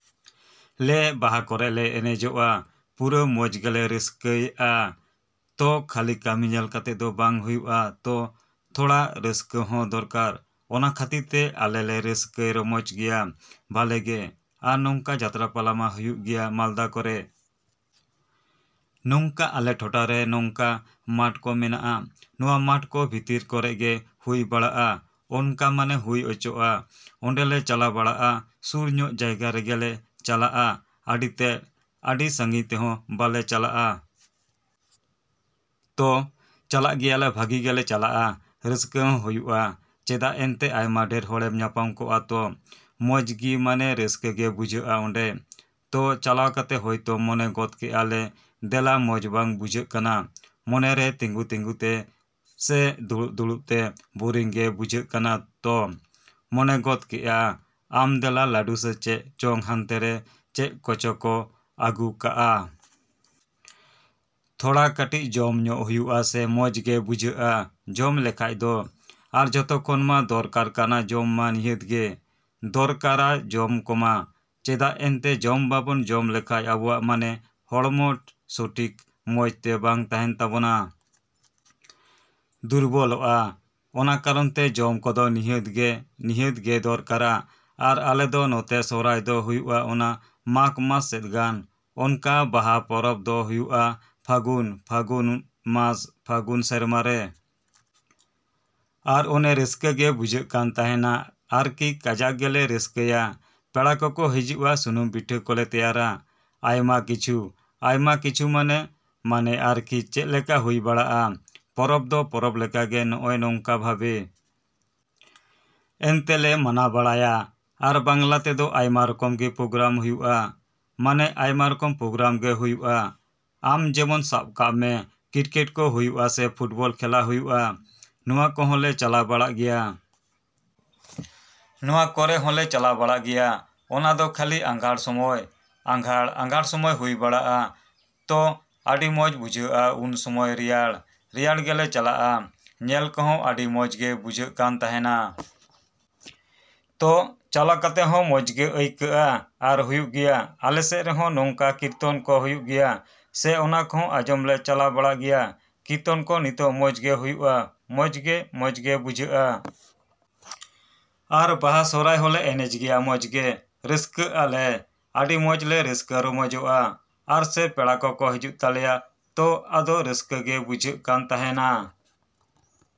ᱞᱮ ᱵᱟᱦᱟ ᱠᱚᱨᱮ ᱞᱮ ᱮᱱᱮᱡᱚᱜᱼᱟ, ᱯᱩᱨᱟᱹ ᱢᱚᱡᱽ ᱜᱮᱞᱮ ᱨᱟᱹᱥᱠᱟᱹᱭᱼᱟ᱾ ᱛᱚ, ᱠᱷᱟᱹᱞᱤ ᱠᱟᱹᱢᱤ ᱧᱮᱞ ᱠᱟᱛᱮ ᱫᱚ ᱵᱟᱝ ᱦᱩᱭᱩᱜᱼᱟ ᱛᱚ, ᱛᱷᱚᱲᱟ ᱨᱟᱹᱥᱠᱟᱹ ᱦᱚᱸ ᱫᱚᱨᱠᱟᱨ᱾ ᱚᱱᱟ ᱠᱷᱟᱹᱛᱤᱨ ᱛᱮ ᱟᱞᱮ ᱞᱮ ᱨᱟᱹᱥᱠᱟᱹ ᱨᱚᱢᱚᱡ ᱜᱮᱭᱟ ᱵᱷᱟᱞᱮ ᱜᱮ᱾ ᱟᱨ ᱱᱚᱝᱠᱟ ᱡᱟᱛᱨᱟ ᱯᱟᱞᱟ ᱢᱟ ᱦᱩᱭᱩᱜ ᱜᱮᱭᱟ ᱢᱟᱞᱫᱟ ᱠᱚᱨᱮ᱾ ᱱᱚᱝᱠᱟ ᱟᱞᱮ ᱴᱚᱴᱷᱟ ᱨᱮ ᱱᱚᱝᱠᱟ ᱢᱟᱴᱷ ᱠᱚ ᱢᱮᱱᱟᱜᱼᱟ᱾ ᱱᱚᱣᱟ ᱢᱟᱴᱷ ᱠᱚ ᱵᱷᱤᱛᱨᱤ ᱠᱚᱨᱮ ᱜᱮ ᱦᱩᱭ ᱵᱟᱲᱟᱜᱼᱟ ᱚᱱᱠᱟ ᱢᱟᱱᱮ ᱦᱩᱭ ᱚᱪᱚ. ᱟ, ᱚᱸᱰᱮ ᱞᱮ ᱪᱟᱞᱟᱣ ᱵᱟᱲᱟᱜᱼᱟ᱾ ᱥᱩᱨ ᱧᱚᱜ ᱡᱟᱭᱜᱟ ᱨᱮᱜᱮᱞᱮ ᱪᱟᱞᱟᱜᱼᱟ ᱟᱹᱰᱤ ᱛᱮᱫ, ᱟᱹᱰᱤ ᱥᱟᱺᱜᱤᱧ ᱛᱮᱦᱚᱸ ᱵᱟᱞᱮ ᱪᱟᱞᱟᱜᱼᱟ᱾ ᱛᱚ, ᱪᱟᱞᱟᱜ ᱜᱮᱭᱟ ᱞᱮ ᱵᱷᱟᱜᱮ ᱜᱮᱞᱮ ᱪᱟᱞᱟᱜᱼᱟ, ᱨᱟᱹᱥᱠᱟᱹ ᱦᱚᱸ ᱦᱩᱭᱩᱜᱚᱜᱼᱟ᱾ ᱪᱮᱫᱟᱜ ᱮᱱᱛᱮᱫ ᱟᱭᱢᱟ ᱰᱷᱮᱨ ᱦᱚᱲᱮᱢ ᱧᱟᱯᱟᱢ ᱠᱚᱜᱼᱟ ᱛᱚ᱾ ᱢᱚᱡᱽ ᱜᱤ ᱢᱟᱱᱮ ᱨᱟᱹᱥᱠᱟᱹ ᱜᱮ ᱵᱩᱡᱷᱟᱹᱜᱼᱟ ᱚᱸᱰᱮ᱾ ᱛᱚ, ᱪᱟᱞᱟᱣ ᱠᱟᱛᱮ ᱦᱳᱭᱛᱳ ᱢᱚᱱᱮ ᱜᱚᱫ ᱠᱮᱜᱼᱟ ᱞᱮ ᱫᱮᱞᱟ ᱢᱚᱡᱽ ᱵᱟᱝ ᱵᱩᱡᱷᱟᱹᱜ ᱠᱟᱱᱟ ᱢᱚᱱᱮ ᱨᱮ ᱛᱤᱸᱜᱩ ᱛᱤᱸᱜᱩ ᱛᱮ ᱥᱮ ᱫᱩᱲᱩᱵ ᱫᱩᱲᱩᱵ ᱛᱮ ᱵᱳᱨᱤᱝ ᱜᱮ ᱵᱩᱡᱷᱟᱹᱜ ᱠᱟᱱᱟ ᱛᱚ, ᱢᱚᱱᱮ ᱜᱚᱫ ᱠᱮᱜᱼᱟ ᱟᱢ ᱫᱮᱞᱟ ᱞᱟᱹᱰᱩ ᱥᱮ ᱪᱮᱫ ᱪᱚᱝ ᱦᱟᱱᱛᱮ ᱨᱮ ᱪᱮᱫ ᱠᱚᱪᱚ ᱠᱚ ᱟᱹᱜᱩᱣ ᱠᱟᱜᱼᱟ? ᱛᱷᱚᱲᱟ ᱠᱟᱹᱴᱤᱡ ᱡᱚᱢ ᱧᱚᱜᱽ ᱦᱩᱭᱩᱜᱼᱟ ᱥᱮ ᱢᱚᱡᱽ ᱜᱮ ᱵᱩᱡᱷᱟᱹᱜᱼᱟ ᱡᱚᱢ ᱞᱮᱠᱷᱟᱡ ᱫᱚ᱾ ᱟᱨ ᱡᱚᱛᱚ ᱠᱷᱚᱱ ᱢᱟ ᱫᱚᱨᱠᱟᱨ ᱠᱟᱱᱟ ᱡᱚᱢ ᱢᱟ ᱱᱤᱦᱟᱹᱛ ᱜᱮ ᱫᱚᱨᱠᱟᱨᱟ ᱡᱚᱢ ᱠᱚᱢᱟ᱾ ᱪᱮᱫᱟᱜ ᱮᱱᱛᱮᱫ ᱡᱚᱢ ᱵᱟᱵᱚᱱ ᱡᱚᱢ ᱞᱮᱠᱷᱟᱡ ᱟᱵᱚᱣᱟᱜ ᱢᱟᱱᱮ ᱦᱚᱲᱢᱚ ᱥᱚᱴᱷᱤᱠ ᱢᱚᱡᱽ ᱛᱮ ᱵᱟᱝ ᱛᱟᱦᱮᱱ ᱛᱟᱵᱚᱱᱟ᱾ ᱫᱩᱨᱵᱚᱞᱚᱜᱼᱟ, ᱾ ᱚᱱᱟ ᱠᱟᱨᱚᱱ ᱛᱮ ᱡᱚᱢ ᱠᱚᱫᱚ ᱱᱤᱦᱟᱹᱛ ᱜᱮ, ᱱᱤᱦᱟᱹᱛ ᱜᱮ ᱫᱚᱨᱠᱟᱨᱟ᱾ ᱟᱨ ᱟᱞᱮ ᱫᱚ ᱱᱚᱛᱮ ᱥᱚᱦᱨᱟᱭ ᱫᱚ ᱦᱩᱭᱩᱜᱼᱟ ᱚᱱᱠᱟ ᱢᱟᱜᱽ ᱢᱟᱥ ᱥᱮᱫ ᱜᱟᱱ᱾ ᱚᱱᱠᱟ ᱵᱟᱦᱟ ᱯᱚᱨᱚᱵᱽ ᱫᱚ ᱦᱩᱭᱩᱜᱼᱟ ᱯᱷᱟᱹᱜᱩᱱ, ᱯᱷᱟᱹᱜᱩᱱ ᱢᱟᱥ ᱯᱷᱟᱹᱜᱩᱱ ᱥᱮᱨᱢᱟ ᱨᱮ᱾ ᱟᱨ ᱚᱱᱮ ᱨᱟᱹᱥᱠᱟᱹ ᱜᱮ ᱵᱩᱡᱷᱟᱹᱜ ᱠᱟᱱ ᱛᱟᱦᱮᱱᱟ ᱟᱨᱠᱤ ᱠᱟᱡᱟᱠ ᱜᱮᱞᱮ ᱨᱟᱹᱥᱠᱟᱹᱭᱟ᱾ ᱯᱮᱲᱟ ᱠᱚᱠᱚ ᱦᱟᱡᱩᱜᱼᱟ ᱥᱩᱱᱩᱢ ᱯᱤᱴᱷᱟᱹ ᱠᱚᱞᱮ ᱛᱮᱭᱟᱨᱟ᱾ ᱟᱭᱢᱟ ᱠᱤᱪᱷᱩ, ᱟᱭᱢᱟ ᱠᱤᱪᱷᱩ ᱢᱟᱱᱮ, ᱢᱟᱱᱮ ᱟᱨᱠᱤ ᱪᱮᱫᱞᱮᱠᱟ ᱦᱩᱭ ᱵᱟᱲᱟᱲᱜᱼᱟ᱾ ᱯᱚᱨᱚᱵᱽ ᱫᱚ ᱯᱚᱨᱚᱵᱽ ᱞᱮᱠᱟᱜᱮ ᱱᱚᱜᱼᱚᱸᱭ ᱱᱚᱝᱠᱟ ᱵᱷᱟᱵᱮ᱾ ᱮᱱᱛᱮ ᱞᱮ ᱢᱟᱱᱟᱣ ᱵᱟᱲᱟᱭᱟ᱾ ᱟᱨ ᱵᱟᱝᱞᱟ ᱛᱮᱫᱚ ᱟᱭᱢᱟ ᱨᱚᱠᱚᱢ ᱜᱤ ᱯᱨᱳᱜᱨᱟᱢ ᱦᱩᱭᱩᱜᱼᱟ᱾ ᱢᱟᱱᱮ ᱟᱭᱢᱟ ᱨᱚᱠᱚᱢ ᱯᱨᱳᱜᱨᱟᱢ ᱜᱮ ᱦᱩᱭᱩᱜᱼᱟ᱾ ᱟᱢ ᱡᱮᱢᱚᱱ ᱥᱟᱵ ᱠᱟᱜ ᱢᱮ ᱠᱨᱤᱠᱮᱴ ᱠᱚ ᱦᱩᱭᱩᱜᱚᱜᱼᱟ ᱥᱮ ᱯᱷᱩᱴᱵᱚᱞ ᱠᱷᱮᱞᱟ ᱦᱩᱭᱩᱜᱚᱜᱼᱟ, ᱱᱚᱣᱟ ᱠᱚᱦᱚᱸᱞᱮ ᱪᱟᱞᱟᱣ ᱵᱟᱲᱟᱜ ᱜᱮᱭᱟ᱾ ᱱᱚᱣᱟ ᱠᱚᱨᱮ ᱦᱚᱸᱞᱮ ᱪᱟᱞᱟᱣ ᱵᱟᱲᱟᱜ ᱜᱮᱭᱟ᱾ ᱚᱱᱟ ᱫᱚ ᱠᱷᱟᱹᱞᱤ ᱟᱸᱜᱷᱟᱸᱬ ᱥᱚᱢᱚᱭ ᱟᱸᱜᱷᱟᱸᱬ, ᱟᱸᱜᱷᱟᱬ ᱥᱚᱢᱚᱭ ᱦᱩᱭ ᱵᱟᱲᱟᱜᱼᱟ᱾ ᱛᱚ, ᱟᱹᱰᱤ ᱢᱚᱡᱽ ᱵᱩᱡᱷᱟᱹᱜᱼᱟ ᱩᱱ ᱥᱚᱢᱚᱭ ᱨᱮᱭᱟᱲ, ᱨᱮᱭᱟᱲ ᱜᱮ ᱞᱮ ᱪᱟᱞᱟᱜᱼᱟ᱾ ᱧᱮᱞ ᱠᱚᱦᱚᱸ ᱟᱹᱰᱤ ᱢᱚᱡᱽ ᱜᱮ ᱵᱩᱡᱷᱟᱹᱜ ᱠᱟᱱ ᱛᱟᱦᱮᱱᱟ᱾ ᱛᱚ, ᱪᱟᱞᱟᱣ ᱠᱟᱛᱮ ᱦᱚᱸ ᱢᱚᱡᱽ ᱜᱮ ᱟᱹᱭᱠᱟᱹᱜᱼᱟ᱾ ᱟᱨ ᱦᱩᱭᱩᱜᱚᱜ ᱜᱮᱭᱟ ᱟᱞᱮ ᱥᱮᱫ ᱨᱮᱦᱚᱸ ᱱᱚᱝᱠᱟ ᱠᱤᱨᱛᱚᱱ ᱠᱚ ᱦᱩᱭᱩᱜᱚᱜ ᱜᱮᱭᱟ, ᱥᱮ ᱚᱱᱟ ᱠᱚᱦᱚᱸ ᱟᱸᱡᱚᱢ ᱞᱮ ᱪᱟᱞᱟᱣ ᱵᱟᱲᱟᱜ ᱜᱮᱭᱟ᱾ ᱠᱤᱨᱛᱚᱱ ᱠᱚ ᱱᱤᱛᱚᱜ ᱢᱚᱡᱽ ᱜᱮ ᱦᱩᱭᱩᱜᱚᱜᱼᱟ, ᱢᱚᱡᱽ ᱜᱮ ᱢᱚᱡᱽ ᱜᱮ ᱵᱩᱡᱷᱟᱹᱜᱼᱟ᱾ ᱟᱨ ᱵᱟᱦᱟ ᱥᱚᱨᱦᱟᱭ ᱦᱚᱸᱞᱮ ᱮᱱᱮᱡᱚᱜ ᱜᱮᱭᱟ ᱢᱚᱡᱽ ᱜᱮ ᱨᱟᱹᱥᱠᱟᱹᱜ ᱟᱞᱮ, ᱟᱹᱰᱤ ᱢᱚᱡᱽ ᱞᱮ ᱨᱟᱹᱥᱠᱟᱹ ᱨᱚᱢᱚᱡᱚᱜᱼᱟ᱾ ᱟᱨ ᱥᱮ ᱯᱮᱲᱟ ᱠᱚᱠᱚ ᱦᱟᱡᱩᱜ ᱛᱟᱞᱮᱭᱟ ᱛᱚ ᱟᱫᱚ ᱨᱟᱹᱥᱠᱟᱹ ᱜᱮ ᱵᱩᱡᱷᱟᱹᱜ ᱠᱟᱱ ᱛᱟᱦᱮᱱᱟ᱾।